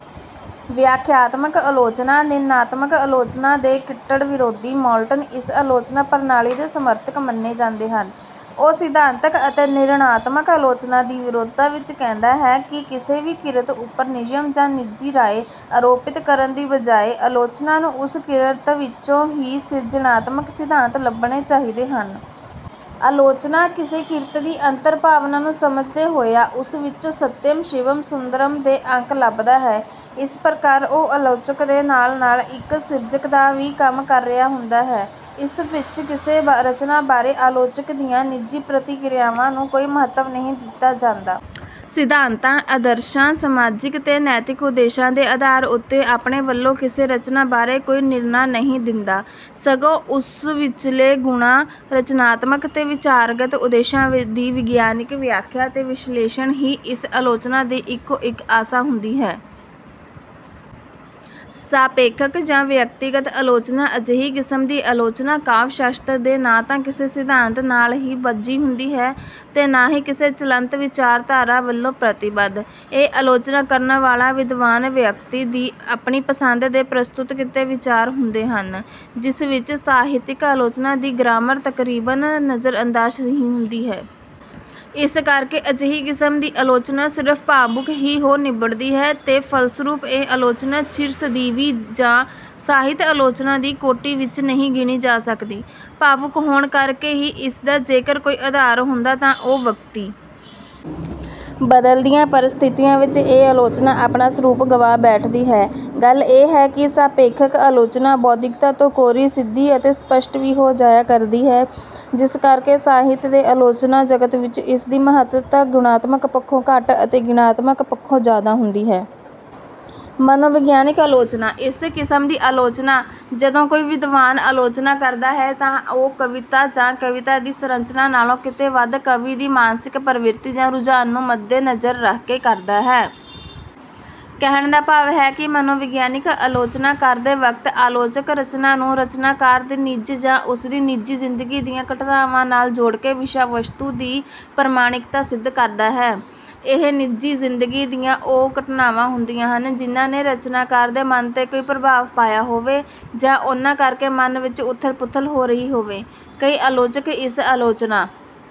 ਵਿਆਖਿਆਤਮਕ ਆਲੋਚਨਾ, ਨਿਰਣਾਤਮਕ ਆਲੋਚਨਾ ਦੇ ਕੱਟੜ ਵਿਰੋਧੀ ਮੌਲਟਨ ਇਸ ਆਲੋਚਨਾ ਪ੍ਰਣਾਲੀ ਦੇ ਸਮਰਥਕ ਮੰਨੇ ਜਾਂਦੇ ਹਨ। ਉਹ ਸਿਧਾਂਤਕ ਅਤੇ ਨਿਰਣਾਤਮਕ ਆਲੋਚਨਾ ਦੀ ਵਿਰੋਧਤਾ ਵਿੱਚ ਕਹਿੰਦਾ ਹੈ ਕਿ ਕਿਸੇ ਵੀ ਕਿਰਤ ਉੱਪਰ ਨਿਯਮ ਜਾਂ ਨਿੱਜੀ ਰਾਏ ਆਰੋਪਿਤ ਕਰਨ ਦੀ ਬਜਾਏ, ਆਲੋਚਨਾ ਨੂੰ ਉਸ ਕਿਰਤ ਵਿੱਚੋਂ ਹੀ ਸਿਰਜਣਾਤਮਕ ਸਿਧਾਂਤ ਲੱਭਣੇ ਚਾਹੀਦੇ ਹਨ। ਆਲੋਚਨਾ ਕਿਸੇ ਕਿਰਤ ਦੀ ਅੰਤਰ-ਭਾਵਨਾ ਨੂੰ ਸਮਝਦੇ ਹੋਇਆ, ਉਸ ਵਿੱਚੋਂ ਸਤਿਅਮ, ਸ਼ਿਵਮ, ਸੁੰਦਰਮ ਦੇ ਅੰਕ ਲੱਭਦਾ ਹੈ। ਇਸ ਪ੍ਰਕਾਰ ਉਹ ਆਲੋਚਕ ਦੇ ਨਾਲ-ਨਾਲ ਇੱਕ ਸਿਰਜਕ ਦਾ ਵੀ ਕੰਮ ਕਰ ਰਿਹਾ ਹੁੰਦਾ ਹੈ। ਇਸ ਵਿੱਚ ਕਿਸੇ ਰਚਨਾ ਬਾਰੇ ਆਲੋਚਕ ਦੀਆਂ ਨਿੱਜੀ ਪ੍ਰਤੀਕਿਰਿਆਵਾਂ ਨੂੰ ਕੋਈ ਮਹੱਤਵ ਨਹੀਂ ਦਿੱਤਾ ਜਾਂਦਾ। ਸਿਧਾਂਤਾਂ, ਆਦਰਸ਼ਾਂ, ਸਮਾਜਿਕ ਤੇ ਨੈਤਿਕ ਉਦੇਸ਼ਾਂ ਦੇ ਆਧਾਰ ਉੱਤੇ ਆਪਣੇ ਵੱਲੋਂ ਕਿਸੇ ਰਚਨਾ ਬਾਰੇ ਕੋਈ ਨਿਰਣਾ ਨਹੀਂ ਦਿੰਦਾ, ਸਗੋਂ ਉਸ ਵਿੱਚਲੇ ਗੁਣਾਂ, ਰਚਨਾਤਮਕ ਤੇ ਵਿਚਾਰਗਤ ਉਦੇਸ਼ਾਂ ਦੀ ਵਿਗਿਆਨਕ ਵਿਆਖਿਆ ਤੇ ਵਿਸ਼ਲੇਸ਼ਣ ਹੀ ਇਸ ਆਲੋਚਨਾ ਦੀ ਇੱਕੋ ਇੱਕ ਆਸਾ ਹੁੰਦੀ ਹੈ। ਸਾਪੇਖਕ ਜਾਂ ਵਿਅਕਤੀਗਤ ਆਲੋਚਨਾ ਅਜਿਹੀ ਕਿਸਮ ਦੀ ਆਲੋਚਨਾ ਕਾਵਿ-ਸ਼ਾਸਤਰ ਦੇ ਨਾ ਤਾਂ ਕਿਸੇ ਸਿਧਾਂਤ ਨਾਲ ਹੀ ਬੱਝੀ ਹੁੰਦੀ ਹੈ, ਤੇ ਨਾ ਹੀ ਕਿਸੇ ਚਲੰਤ ਵਿਚਾਰਧਾਰਾ ਵੱਲੋਂ ਪ੍ਰਤੀਬੱਧ। ਇਹ ਆਲੋਚਨਾ ਕਰਨ ਵਾਲਾ ਵਿਦਵਾਨ ਵਿਅਕਤੀ ਦੀ ਆਪਣੀ ਪਸੰਦ ਦੇ ਪ੍ਰਸਤੁਤ ਕੀਤੇ ਵਿਚਾਰ ਹੁੰਦੇ ਹਨ, ਜਿਸ ਵਿੱਚ ਸਾਹਿਤਕ ਆਲੋਚਨਾ ਦੀ ਗ੍ਰਾਮਰ ਤਕਰੀਬਨ ਨਜ਼ਰ-ਅੰਦਾਜ਼ ਹੀ ਹੁੰਦੀ ਹੈ। ਇਸ ਕਰਕੇ ਅਜਿਹੀ ਕਿਸਮ ਦੀ ਆਲੋਚਨਾ ਸਿਰਫ਼ ਭਾਵੁਕ ਹੀ ਹੋ ਨਿਬੜਦੀ ਹੈ, ਤੇ ਫਲਸਰੂਪ ਇਹ ਆਲੋਚਨਾ ਚਿਰ-ਸਦੀਵੀ ਜਾਂ ਸਾਹਿਤ ਆਲੋਚਨਾ ਦੀ ਕੋਟੀ ਵਿੱਚ ਨਹੀਂ ਗਿਣੀ ਜਾ ਸਕਦੀ। ਭਾਵੁਕ ਹੋਣ ਕਰਕੇ ਹੀ ਇਸਦਾ ਜੇਕਰ ਕੋਈ ਆਧਾਰ ਹੁੰਦਾ ਹੈ, ਤਾਂ ਉਹ ਵਕਤੀ। ਬਦਲਦੀਆਂ ਪਰਸਥਿਤੀਆਂ ਵਿੱਚ ਇਹ ਆਲੋਚਨਾ ਆਪਣਾ ਸਰੂਪ ਗਵਾ ਬੈਠਦੀ ਹੈ। ਗੱਲ ਇਹ ਹੈ ਕਿ ਸਾਪੇਖਕ ਆਲੋਚਨਾ ਬੌਧਿਕਤਾ ਤੋਂ ਕੋਰੀ, ਸਿੱਧੀ ਅਤੇ ਸਪੱਸ਼ਟ ਵੀ ਹੋ ਜਾਇਆ ਕਰਦੀ ਹੈ, ਜਿਸ ਕਰਕੇ ਸਾਹਿਤ ਦੇ ਆਲੋਚਨਾ ਜਗਤ ਵਿੱਚ ਇਸਦੀ ਮਹੱਤਤਾ ਗੁਣਾਤਮਕ ਪੱਖੋਂ ਘੱਟ ਅਤੇ ਗਿਣਾਤਮਕ ਪੱਖੋਂ ਜ਼ਿਆਦਾ ਹੁੰਦੀ ਹੈ। ਮਨੋਵਿਗਿਆਨਕ ਆਲੋਚਨਾ: ਇਸ ਕਿਸਮ ਦੀ ਆਲੋਚਨਾ ਜਦੋਂ ਕੋਈ ਵਿਦਵਾਨ ਆਲੋਚਨਾ ਕਰਦਾ ਹੈ, ਤਾਂ ਉਹ ਕਵਿਤਾ ਜਾਂ ਕਵਿਤਾ ਦੀ ਸੰਰਚਨਾ ਨਾਲੋਂ ਕਿਤੇ ਵੱਧ ਕਵੀ ਦੀ ਮਾਨਸਿਕ ਪ੍ਰਵਿਰਤੀ ਜਾਂ ਰੁਝਾਨ ਨੂੰ ਮੱਦੇਨਜ਼ਰ ਰੱਖ ਕੇ ਕਰਦਾ ਹੈ। ਕਹਿਣ ਦਾ ਭਾਵ ਹੈ ਕਿ ਮਨੋਵਿਗਿਆਨਕ ਆਲੋਚਨਾ ਕਰਦੇ ਵਕਤ ਆਲੋਚਕ ਰਚਨਾ ਨੂੰ ਰਚਨਾਕਾਰ ਦੇ ਨਿੱਜ ਜਾਂ ਉਸਦੀ ਨਿੱਜੀ ਜ਼ਿੰਦਗੀ ਦੀਆਂ ਘਟਨਾਵਾਂ ਨਾਲ ਜੋੜਕੇ ਵਿਸ਼ਾ-ਵਸਤੂ ਦੀ ਪ੍ਰਮਾਣਿਕਤਾ ਸਿੱਧ ਕਰਦਾ ਹੈ। ਇਹ ਨਿੱਜੀ ਜ਼ਿੰਦਗੀ ਦੀਆਂ ਉਹ ਘਟਨਾਵਾਂ ਹੁੰਦੀਆਂ ਹਨ ਜਿਨ੍ਹਾਂ ਨੇ ਰਚਨਾਕਾਰ ਦੇ ਮਨ 'ਤੇ ਕੋਈ ਪ੍ਰਭਾਵ ਪਾਇਆ ਹੋਵੇ, ਜਾਂ ਉਨ੍ਹਾਂ ਕਰਕੇ ਮਨ ਵਿੱਚ ਉੱਥਲ-ਪੁੱਥਲ ਹੋ ਰਹੀ ਹੋਵੇ। ਕਈ ਆਲੋਚਕ ਇਸ ਆਲੋਚਨਾ